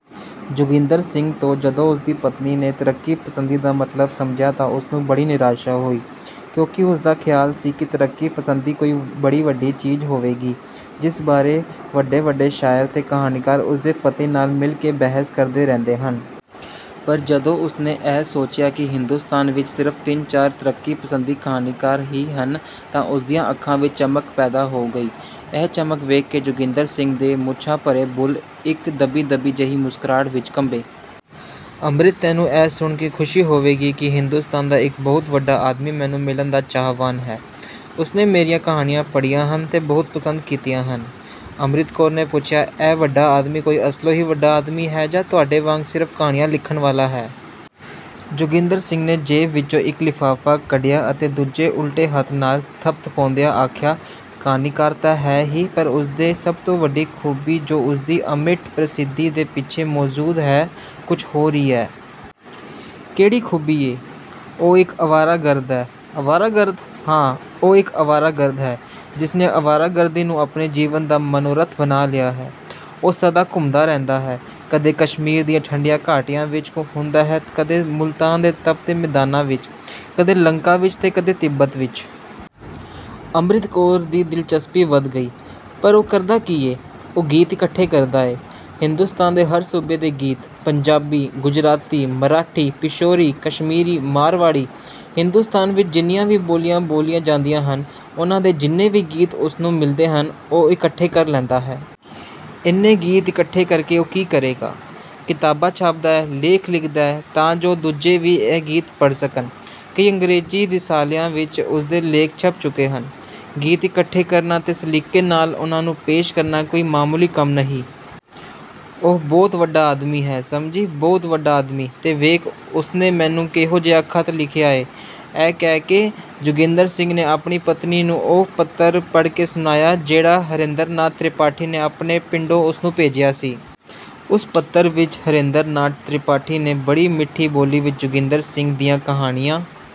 ਜੋਗਿੰਦਰ ਸਿੰਘ ਤੋਂ ਜਦੋਂ ਉਸਦੀ ਪਤਨੀ ਨੇ ਤਰੱਕੀਪਸੰਦੀ ਦਾ ਮਤਲਬ ਸਮਝਿਆ ਤਾਂ ਉਸਨੂੰ ਬੜੀ ਨਿਰਾਸ਼ਾ ਹੋਈ ਕਿਉਂਕਿ ਉਸਦਾ ਖ਼ਿਆਲ ਸੀ ਕਿ ਤਰੱਕੀਪਸੰਦੀ ਕੋਈ ਬੜੀ ਵੱਡੀ ਚੀਜ਼ ਹੋਵੇਗੀ ਜਿਸ ਬਾਰੇ ਵੱਡੇ-ਵੱਡੇ ਸ਼ਾਇਰ ਤੇ ਕਹਾਣੀਕਾਰ ਉਸਦੇ ਪਤੀ ਨਾਲ ਮਿਲ ਕੇ ਬਹਿਸ ਕਰਦੇ ਰਹਿੰਦੇ ਹਨ। ਪਰ ਜਦੋਂ ਉਸਨੇ ਇਹ ਸੋਚਿਆ ਕਿ ਹਿੰਦੋਸਤਾਨ ਵਿੱਚ ਸਿਰਫ਼ ਤਿੰਨ-ਚਾਰ ਤਰੱਕੀਪਸੰਦ ਕਹਾਣੀਕਾਰ ਹੀ ਹਨ ਤਾਂ ਉਸਦੀਆਂ ਅੱਖਾਂ ਵਿੱਚ ਚਮਕ ਪੈਦਾ ਹੋ ਗਈ। ਇਹ ਚਮਕ ਵੇਖ ਕੇ ਜੋਗਿੰਦਰ ਸਿੰਘ ਦੇ ਮੁੱਛਾਂ-ਭਰੇ ਬੁੱਲ੍ਹ ਇੱਕ ਦੱਬੀ-ਦੱਬੀ ਜਿਹੀ ਮੁਸਕਰਾਹਟ ਵਿੱਚ ਕੰਬੇ। ਅੰਮ੍ਰਿਤ, ਤੈਨੂੰ ਇਹ ਸੁਣ ਕੇ ਖੁਸ਼ੀ ਹੋਵੇਗੀ ਕਿ ਹਿੰਦੋਸਤਾਨ ਦਾ ਇੱਕ ਬਹੁਤ ਵੱਡਾ ਆਦਮੀ ਮੈਨੂੰ ਮਿਲਣ ਦਾ ਚਾਹਵਾਨ ਹੈ। ਉਸਨੇ ਮੇਰੀਆਂ ਕਹਾਣੀਆਂ ਪੜ੍ਹੀਆਂ ਹਨ ਤੇ ਬਹੁਤ ਪਸੰਦ ਕੀਤੀਆਂ ਹਨ। ਅੰਮ੍ਰਿਤ ਕੌਰ ਨੇ ਪੁੱਛਿਆ, ਇਹ ਵੱਡਾ ਆਦਮੀ ਕੋਈ ਅਸਲੋਂ ਹੀ ਵੱਡਾ ਆਦਮੀ ਹੈ ਜਾਂ ਤੁਹਾਡੇ ਵਾਂਗ ਸਿਰਫ਼ ਕਹਾਣੀਆਂ ਲਿਖਣ ਵਾਲਾ ਹੈ? ਜੋਗਿੰਦਰ ਸਿੰਘ ਨੇ ਜੇਬ ਵਿੱਚੋਂ ਇੱਕ ਲਿਫ਼ਾਫ਼ਾ ਕੱਢਿਆ ਅਤੇ ਦੂਜੇ ਉਲਟੇ ਹੱਥ ਨਾਲ ਥਪਥਪਾਉਂਦਿਆਂ ਆਖਿਆ, ਕਹਾਣੀਕਾਰ ਤਾਂ ਹੈ ਹੀ ਪਰ ਉਸਦੀ ਸਭ ਤੋਂ ਵੱਡੀ ਖੂਬੀ ਜੋ ਉਸਦੀ ਅਮਿੱਟ ਪ੍ਰਸਿੱਧੀ ਦੇ ਪਿੱਛੇ ਮੌਜੂਦ ਹੈ ਕੁਝ ਹੋਰ ਹੀ ਏ। ਕਿਹੜੀ ਖੂਬੀ ਏ? ਉਹ ਇੱਕ ਅਵਾਰਾਗਰਦ ਹੈ। ਅਵਾਰਾਗਰਦ? ਹਾਂ, ਉਹ ਇੱਕ ਅਵਾਰਾਗਰਦ ਹੈ ਜਿਸਨੇ ਅਵਾਰਾਗਰਦੀ ਨੂੰ ਆਪਣੇ ਜੀਵਨ ਦਾ ਮਨੋਰਥ ਬਣਾ ਲਿਆ ਹੈ। ਉਹ ਸਦਾ ਘੁੰਮਦਾ ਰਹਿੰਦਾ ਹੈ, ਕਦੇ ਕਸ਼ਮੀਰ ਦੀਆਂ ਠੰਡੀਆਂ ਘਾਟੀਆਂ ਵਿੱਚ ਹੁੰਦਾ ਹੈ ਤੇ ਕਦੇ ਮੁਲਤਾਨ ਦੇ ਤਪਦੇ ਮੈਦਾਨਾਂ ਵਿੱਚ, ਕਦੇ ਲੰਕਾ ਵਿੱਚ ਤੇ ਕਦੇ ਤਿੱਬਤ ਵਿੱਚ। ਅੰਮ੍ਰਿਤ ਕੌਰ ਦੀ ਦਿਲਚਸਪੀ ਵਧ ਗਈ। ਪਰ ਉਹ ਕਰਦਾ ਕੀ ਏ? ਉਹ ਗੀਤ ਇਕੱਠੇ ਕਰਦਾ ਏ। ਹਿੰਦੋਸਤਾਨ ਦੇ ਹਰ ਸੂਬੇ ਦੇ ਗੀਤ, ਪੰਜਾਬੀ, ਗੁਜਰਾਤੀ, ਮਰਾਠੀ, ਪਿਸ਼ੌਰੀ, ਕਸ਼ਮੀਰੀ, ਮਾਰਵਾੜੀ। ਹਿੰਦੋਸਤਾਨ ਵਿੱਚ ਜਿੰਨੀਆਂ ਵੀ ਬੋਲੀਆਂ ਬੋਲੀਆਂ ਜਾਂਦੀਆਂ ਹਨ ਉਨ੍ਹਾਂ ਦੇ ਜਿੰਨੇ ਵੀ ਗੀਤ ਉਸਨੂੰ ਮਿਲਦੇ ਹਨ ਉਹ ਇਕੱਠੇ ਕਰ ਲੈਂਦਾ ਹੈ। ਇੰਨੇ ਗੀਤ ਇਕੱਠੇ ਕਰਕੇ ਉਹ ਕੀ ਕਰੇਗਾ? ਕਿਤਾਬਾਂ ਛਾਪਦਾ ਹੈ, ਲੇਖ ਲਿਖਦਾ ਹੈ ਤਾਂ ਜੋ ਦੂਜੇ ਵੀ ਇਹ ਗੀਤ ਪੜ੍ਹ ਸਕਣ। ਕਈ ਅੰਗ੍ਰੇਜ਼ੀ ਰਸਾਲਿਆਂ ਵਿੱਚ ਉਸਦੇ ਲੇਖ ਛਪ ਚੁੱਕੇ ਹਨ। ਗੀਤ ਇਕੱਠੇ ਕਰਨਾ ਤੇ ਸਲੀਕੇ ਨਾਲ ਉਨ੍ਹਾਂ ਨੂੰ ਪੇਸ਼ ਕਰਨਾ ਕੋਈ ਮਾਮੂਲੀ ਕੰਮ ਨਹੀਂ। ਉਹ ਬਹੁਤ ਵੱਡਾ ਆਦਮੀ ਹੈ, ਸਮਝੀ, ਬਹੁਤ ਵੱਡਾ ਆਦਮੀ! ਤੇ ਵੇਖ, ਉਸਨੇ ਮੈਨੂੰ ਕਿਹੋ ਜਿਹਾ ਖ਼ਤ ਲਿਖਿਆ ਏ। ਇਹ ਕਹਿ ਕੇ, ਜੋਗਿੰਦਰ ਸਿੰਘ ਨੇ ਆਪਣੀ ਪਤਨੀ ਨੂੰ ਉਹ ਪੱਤਰ ਪੜ੍ਹ ਕੇ ਸੁਣਾਇਆ ਜਿਹੜਾ ਹਰੇਂਦਰ ਨਾਥ ਤ੍ਰਿਪਾਠੀ ਨੇ ਆਪਣੇ ਪਿੰਡੋਂ ਉਸਨੂੰ ਭੇਜਿਆ ਸੀ। ਉਸ ਪੱਤਰ ਵਿੱਚ ਹਰੇਂਦਰ ਨਾਥ ਤ੍ਰਿਪਾਠੀ ਨੇ ਬੜੀ ਮਿੱਠੀ ਬੋਲੀ ਵਿੱਚ ਜੋਗਿੰਦਰ ਸਿੰਘ ਦੀਆਂ ਕਹਾਣੀਆਂ